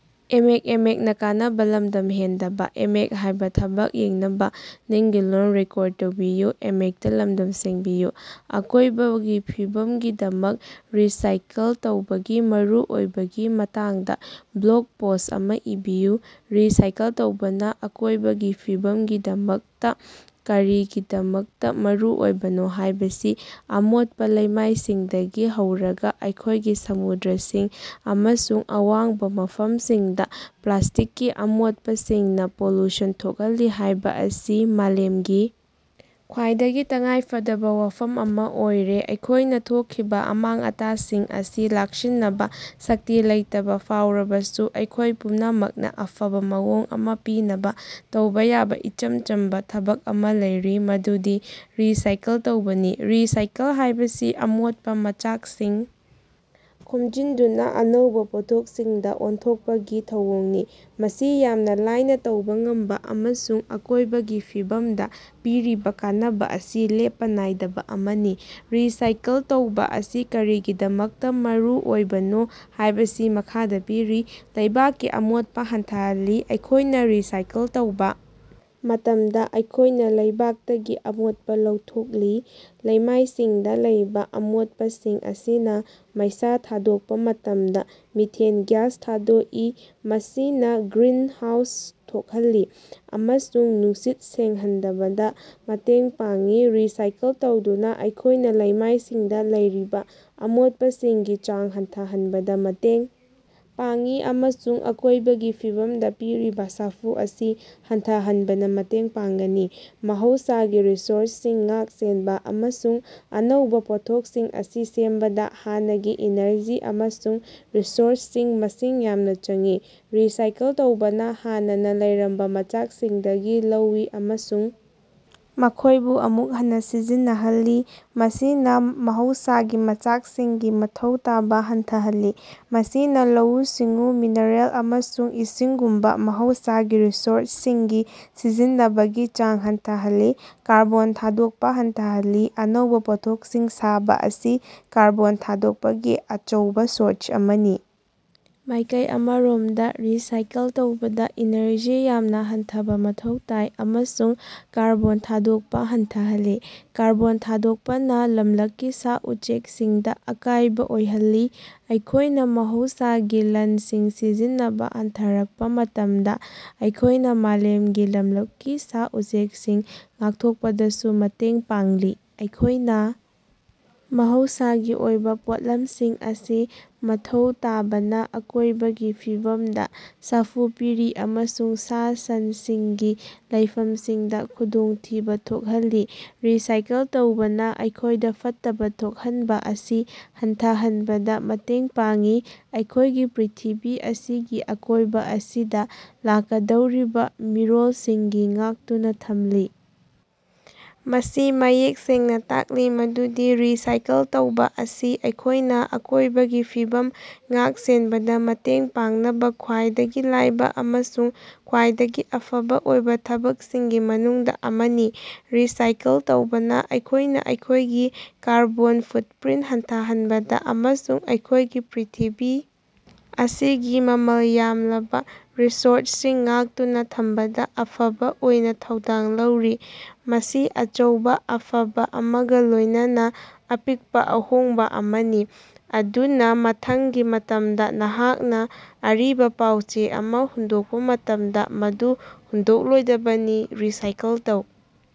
ꯑꯀꯣꯏꯕꯒꯤ ꯐꯤꯕꯝꯒꯤꯗꯃꯛ ꯔꯤꯁꯥꯏꯀꯜ ꯇꯧꯕꯒꯤ ꯃꯔꯨꯑꯣꯏꯕꯒꯤ ꯃꯇꯥꯡꯗ ꯕ꯭ꯂꯣꯒ ꯄꯣꯁꯠ ꯑꯃ ꯏꯕꯤꯌꯨ꯫ ꯔꯤꯁꯥꯏꯀꯜ ꯇꯧꯕꯥꯅ ꯑꯀꯣꯢꯕꯒꯤ ꯐꯤꯕꯝꯒꯤꯗꯃꯛꯇ ꯀꯔꯤꯒꯤꯗꯃꯛꯇ ꯃꯔꯨ ꯑꯣꯏꯕꯅꯣ ꯍꯥꯢꯕꯁꯤ ꯑꯃꯣꯠꯄꯥ ꯂꯩꯃꯥꯏꯁꯤꯡꯗꯒꯤ ꯍꯧꯔꯒ ꯑꯩꯈꯣꯢꯒꯤ ꯁꯃꯨꯗ꯭ꯔꯁꯤꯡ ꯑꯃꯁꯨꯡ ꯑꯋꯥꯡꯕ ꯃꯐꯝꯁꯤꯡꯗ ꯄ꯭ꯂꯥꯁꯇꯤꯛꯀꯤ ꯑꯃꯣꯠꯄꯁꯤꯡꯅ ꯄꯣꯂꯨꯁꯟ ꯊꯣꯛꯍꯜꯂꯤ ꯍꯥꯏꯕ ꯑꯁꯤ ꯃꯥꯂꯦꯝꯒꯤ ꯈ꯭ꯋꯥꯏꯗꯒꯤ ꯇꯉꯥꯏꯐꯗꯕ ꯋꯥꯐꯝ ꯑꯃ ꯑꯣꯏꯔꯦ꯫ ꯑꯩꯈꯣꯢꯅ ꯊꯣꯛꯈꯤꯕ ꯑꯃꯥꯡ-ꯑꯇꯥꯁꯤꯡ ꯑꯁꯤ ꯂꯥꯛꯁꯤꯟꯅꯕ ꯁꯛꯇꯤ ꯂꯩꯇꯕꯥ ꯐꯥꯎꯔꯕꯁꯨ ꯑꯩꯈꯣꯢ ꯄꯨꯝꯅꯃꯛꯅ ꯑꯐꯕ ꯃꯑꯣꯡ ꯑꯃ ꯄꯤꯅꯕ ꯇꯧꯕ ꯌꯥꯕ ꯏꯆꯝ ꯆꯝꯕꯥ ꯊꯕꯛ ꯑꯃ ꯂꯩꯔꯤ ꯃꯗꯨꯗꯤ ꯔꯤꯁꯥꯏꯀꯜ ꯇꯧꯕꯅꯤ꯫ ꯔꯤꯁꯥꯏꯀꯜ ꯍꯥꯏꯕꯁꯤ ꯑꯃꯣꯠꯄ ꯃꯆꯥꯛꯁꯤꯡ ꯈꯣꯝꯖꯤꯟꯗꯨꯅ ꯑꯅꯧꯕ ꯄꯣꯠꯊꯣꯛꯁꯤꯡꯗ ꯑꯣꯟꯊꯣꯛꯄꯒꯤ ꯊꯧꯑꯣꯡꯅꯤ꯫ ꯃꯁꯤ ꯌꯥꯝꯅ ꯂꯥꯢꯅ ꯇꯧꯕ ꯉꯝꯕ ꯑꯃꯁꯨꯡ ꯑꯀꯣꯢꯕꯒꯤ ꯐꯤꯕꯝꯗ ꯄꯤꯔꯤꯕ ꯀꯥꯟꯅꯕ ꯑꯁꯤ ꯂꯦꯞꯄ ꯅꯥꯏꯗꯕ ꯑꯃꯅꯤ꯫ ꯔꯤꯁꯥꯏꯀꯜ ꯇꯧꯕꯥ ꯑꯁꯤ ꯀꯔꯤꯒꯤꯗꯃꯛꯇ ꯃꯔꯨꯑꯣꯏꯕꯅꯣ ꯍꯥꯢꯕꯁꯤ ꯃꯈꯥꯗ ꯄꯤꯔꯤ: ꯂꯩꯕꯥꯛꯀꯤ ꯑꯃꯣꯠꯄ ꯍꯟꯊꯍꯜꯂꯤ ꯑꯩꯈꯣꯢꯅ ꯔꯤꯁꯥꯏꯀꯜ ꯇꯧꯕꯥ ꯃꯇꯝꯗ ꯑꯩꯈꯣꯢꯅꯥ ꯂꯩꯕꯥꯛꯇꯒꯤ ꯑꯃꯣꯠꯄꯥ ꯂꯧꯊꯣꯛꯂꯤ꯫ ꯂꯩꯃꯥꯏꯁꯤꯡꯗ ꯂꯩꯕꯥ ꯑꯃꯣꯠꯄꯁꯤꯡ ꯑꯁꯤꯅ ꯃꯩꯁꯥ ꯊꯥꯗꯣꯛꯄ ꯃꯇꯝꯗ ꯃꯤꯊꯦꯟ ꯒ꯭ꯌꯥꯁ ꯊꯥꯗꯣꯛꯏ ꯃꯁꯤꯅ ꯒ꯭ꯔꯤꯟ ꯍꯥꯎꯁ ꯊꯣꯛꯍꯜꯂꯤ ꯑꯃꯁꯨꯡ ꯅꯨꯡꯁꯤꯠ ꯁꯦꯡꯍꯟꯗꯕꯗ ꯃꯇꯦꯡ ꯄꯥꯡꯏ꯫ ꯔꯤꯁꯥꯏꯀꯜ ꯇꯧꯗꯨꯅ ꯑꯩꯈꯣꯢꯅ ꯂꯩꯃꯥꯏꯁꯤꯡꯗꯥ ꯂꯩꯔꯤꯕꯥ ꯑꯃꯣꯠꯄꯁꯤꯡꯒꯤ ꯆꯥꯡ ꯍꯟꯊꯍꯟꯕꯗ ꯃꯇꯦꯡ ꯄꯥꯡꯏ ꯑꯃꯁꯨꯡ ꯑꯀꯣꯢꯕꯒꯤ ꯐꯤꯕꯝꯗ ꯄꯤꯔꯤꯕ ꯁꯥꯐꯨ ꯑꯁꯤ ꯍꯟꯊꯍꯟꯕꯗ ꯃꯇꯦꯡ ꯄꯥꯡꯒꯅꯤ꯫ ꯃꯍꯧꯁꯥꯒꯤ ꯔꯤꯁꯣꯔꯁꯁꯤꯡ ꯉꯥꯛ ꯁꯦꯟꯕ ꯑꯃꯁꯨꯡ ꯑꯅꯧꯕꯥ ꯄꯣꯠꯊꯣꯛꯁꯤꯡ ꯑꯁꯤ ꯁꯦꯝꯕꯗ ꯍꯥꯟꯅꯒꯤ ꯏꯅꯔꯖꯤ ꯑꯃꯁꯨꯡ ꯔꯤꯁꯣꯔꯁꯁꯤꯡ ꯃꯁꯤꯡ ꯌꯥꯝꯅ ꯆꯪꯏ꯫ ꯔꯤꯁꯥꯏꯀꯜ ꯇꯧꯕꯅꯥ ꯍꯥꯟꯅꯅ ꯂꯩꯔꯝꯕ ꯃꯆꯥꯛꯁꯤꯡꯗꯒꯤ ꯂꯧꯏ ꯑꯃꯁꯨꯡ ꯃꯈꯣꯢꯕꯨ ꯑꯃꯨꯛ ꯍꯟꯅ ꯁꯤꯖꯤꯟꯅꯍꯜꯂꯤ ꯃꯁꯤꯅꯥ ꯃꯍꯧꯁꯥꯒꯤ ꯃꯆꯥꯛꯁꯤꯡꯒꯤ ꯃꯊꯧ ꯇꯧꯕꯥ ꯍꯟꯊꯍꯜꯂꯤ꯫ ꯃꯁꯤꯅꯥ ꯂꯧꯎ-ꯁꯤꯡꯎ, ꯃꯤꯅꯔꯦꯜ ꯑꯃꯁꯨꯡ ꯏꯁꯤꯡꯒꯨꯝꯕꯥ ꯃꯍꯧꯁꯥꯒꯤ ꯔꯤꯁꯣꯔꯁ ꯁꯤꯡꯒꯤ ꯁꯤꯖꯤꯟꯅꯕꯒꯤ ꯆꯥꯡ ꯍꯟꯊꯍꯜꯂꯤ꯫ ꯀꯥꯔꯕꯣꯟ ꯊꯥꯗꯣꯛꯄ ꯍꯟꯊꯍꯜꯂꯤ ꯑꯅꯧꯕꯥ ꯄꯣꯠꯊꯣꯛꯁꯤꯡ ꯁꯥꯕ ꯑꯁꯤ ꯀꯥꯔꯕꯣꯟ ꯊꯥꯗꯣꯛꯄꯒꯤ ꯑꯆꯧꯕꯥ ꯁꯣꯔꯁ ꯑꯃꯅꯤ꯫ ꯃꯥꯢꯀꯩ ꯑꯃꯔꯣꯝꯗ ꯔꯤꯁꯥꯏꯀꯜ ꯇꯧꯕꯗ ꯏꯅꯔꯖꯤ ꯌꯥꯝꯅ ꯍꯟꯊꯕ ꯃꯊꯧ ꯇꯥꯏ ꯑꯃꯁꯨꯡ ꯀꯥꯔꯕꯣꯟ ꯊꯥꯗꯣꯛꯄ ꯍꯟꯊꯍꯜꯂꯤ꯫ ꯀꯥꯔꯕꯣꯟ ꯊꯥꯗꯣꯛꯄꯅ ꯂꯝꯂꯛꯀꯤ ꯁꯥ-ꯎꯆꯦꯛꯁꯤꯡꯗ ꯑꯀꯥꯏꯕ ꯑꯣꯏꯍꯜꯂꯤ ꯑꯩꯈꯣꯢꯅ ꯃꯍꯧꯁꯥꯒꯤ ꯂꯟꯁꯤꯡ ꯁꯤꯖꯤꯟꯅꯕꯥ ꯍꯟꯊꯔꯛꯄ ꯃꯇꯝꯗ ꯑꯩꯈꯣꯢꯅ ꯃꯥꯂꯦꯝꯒꯤ ꯂꯝꯂꯛꯀꯤ ꯁꯥ-ꯎꯆꯦꯛꯁꯤꯡ ꯉꯥꯛꯊꯣꯛꯄꯗꯁꯨ ꯃꯇꯦꯡ ꯄꯥꯡꯂꯤ꯫ ꯑꯩꯈꯣꯢꯅ ꯃꯍꯧꯁꯥꯒꯤ ꯑꯣꯏꯕ ꯄꯣꯠꯂꯝꯁꯤꯡ ꯑꯁꯤ ꯃꯊꯧ ꯇꯥꯕꯅ ꯑꯀꯣꯏꯕꯒꯤ ꯐꯤꯕꯝꯗ ꯁꯥꯐꯨ ꯄꯤꯔꯤ ꯑꯃꯁꯨꯡ ꯁꯥ-ꯁꯟꯁꯤꯡꯒꯤ ꯂꯩꯐꯝꯁꯤꯡꯗ ꯈꯨꯗꯣꯡꯊꯤꯕ ꯊꯣꯛꯍꯜꯂꯤ꯫ ꯔꯤꯁꯥꯏꯀꯜ ꯇꯧꯕꯅ ꯑꯩꯈꯣꯢꯗ ꯐꯠꯇꯕ ꯊꯣꯛꯍꯟꯕ ꯑꯁꯤ ꯍꯟꯊꯍꯟꯕꯗ ꯃꯇꯦꯡ ꯄꯥꯡꯏ ꯑꯩꯈꯣꯢꯒꯤ ꯄ꯭ꯔꯤꯊꯤꯕꯤ ꯑꯁꯤꯒꯤ ꯑꯀꯣꯏꯕ ꯑꯁꯤꯗ ꯂꯥꯛꯀꯗꯧꯔꯤꯕ ꯃꯤꯔꯣꯜꯁꯤꯡꯒꯤ ꯉꯥꯛꯇꯨꯅ ꯊꯝꯂꯤ꯫ ꯃꯁꯤ ꯃꯌꯦꯛ ꯁꯦꯡꯅ ꯇꯥꯛꯏ ꯃꯗꯨꯗꯤ ꯔꯤꯁꯥꯏꯀꯜ ꯇꯧꯕꯥ ꯑꯁꯤ ꯑꯩꯈꯣꯢꯅꯥ ꯑꯀꯣꯢꯕꯒꯤ ꯐꯤꯕꯝ ꯉꯥꯛ-ꯁꯦꯟꯕꯗ ꯃꯇꯦꯡ ꯄꯥꯡꯅꯕꯥ ꯈ꯭ꯋꯥꯏꯗꯒꯤ ꯂꯥꯢꯕ ꯑꯃꯁꯨꯡ ꯈ꯭ꯋꯥꯏꯗꯒꯤ ꯑꯐꯕ ꯑꯣꯏꯕ ꯊꯕꯛꯁꯤꯡꯒꯤ ꯃꯅꯨꯡꯗ ꯑꯃꯅꯤ꯫ ꯔꯤꯁꯥꯏꯀꯜ ꯇꯧꯕꯥꯅ ꯑꯩꯈꯣꯢꯅ ꯑꯩꯈꯣꯢꯒꯤ ꯀꯥꯔꯕꯣꯟ ꯐꯨꯠꯄ꯭ꯔꯤꯟꯇ ꯍꯟꯊꯍꯟꯕꯗ ꯑꯃꯁꯨꯡ ꯑꯩꯈꯣꯢꯒꯤ ꯄ꯭ꯔꯤꯊꯤꯕꯤ ꯑꯁꯤꯒꯤ ꯃꯃꯜ ꯌꯥꯝꯂꯕ ꯔꯤꯁꯣꯔꯁꯁꯤꯡ ꯉꯥꯛꯇꯨꯅ ꯊꯝꯕꯗ ꯑꯐꯕ ꯑꯣꯏꯅ ꯊꯧꯗꯥꯡ ꯂꯧꯔꯤ꯫ ꯃꯁꯤ ꯑꯆꯧꯕꯥ ꯑꯐꯕ ꯑꯃꯒ ꯂꯣꯢꯅꯅꯥ ꯑꯄꯤꯛꯄ ꯑꯍꯣꯡꯕ ꯑꯃꯅꯤ꯫ ꯑꯗꯨꯅꯥ ꯃꯊꯪꯒꯤ ꯃꯇꯝꯗ ꯅꯍꯥꯛꯅ ꯑꯔꯤꯕ ꯄꯥꯎ-ꯆꯦ ꯑꯃ ꯍꯨꯟꯗꯣꯛꯄ ꯃꯇꯝꯗ ꯃꯗꯨ ꯍꯨꯟꯗꯣꯛꯂꯣꯏꯗꯕꯅꯤ ꯔꯤꯁꯥꯏꯀꯜ ꯇꯧ꯫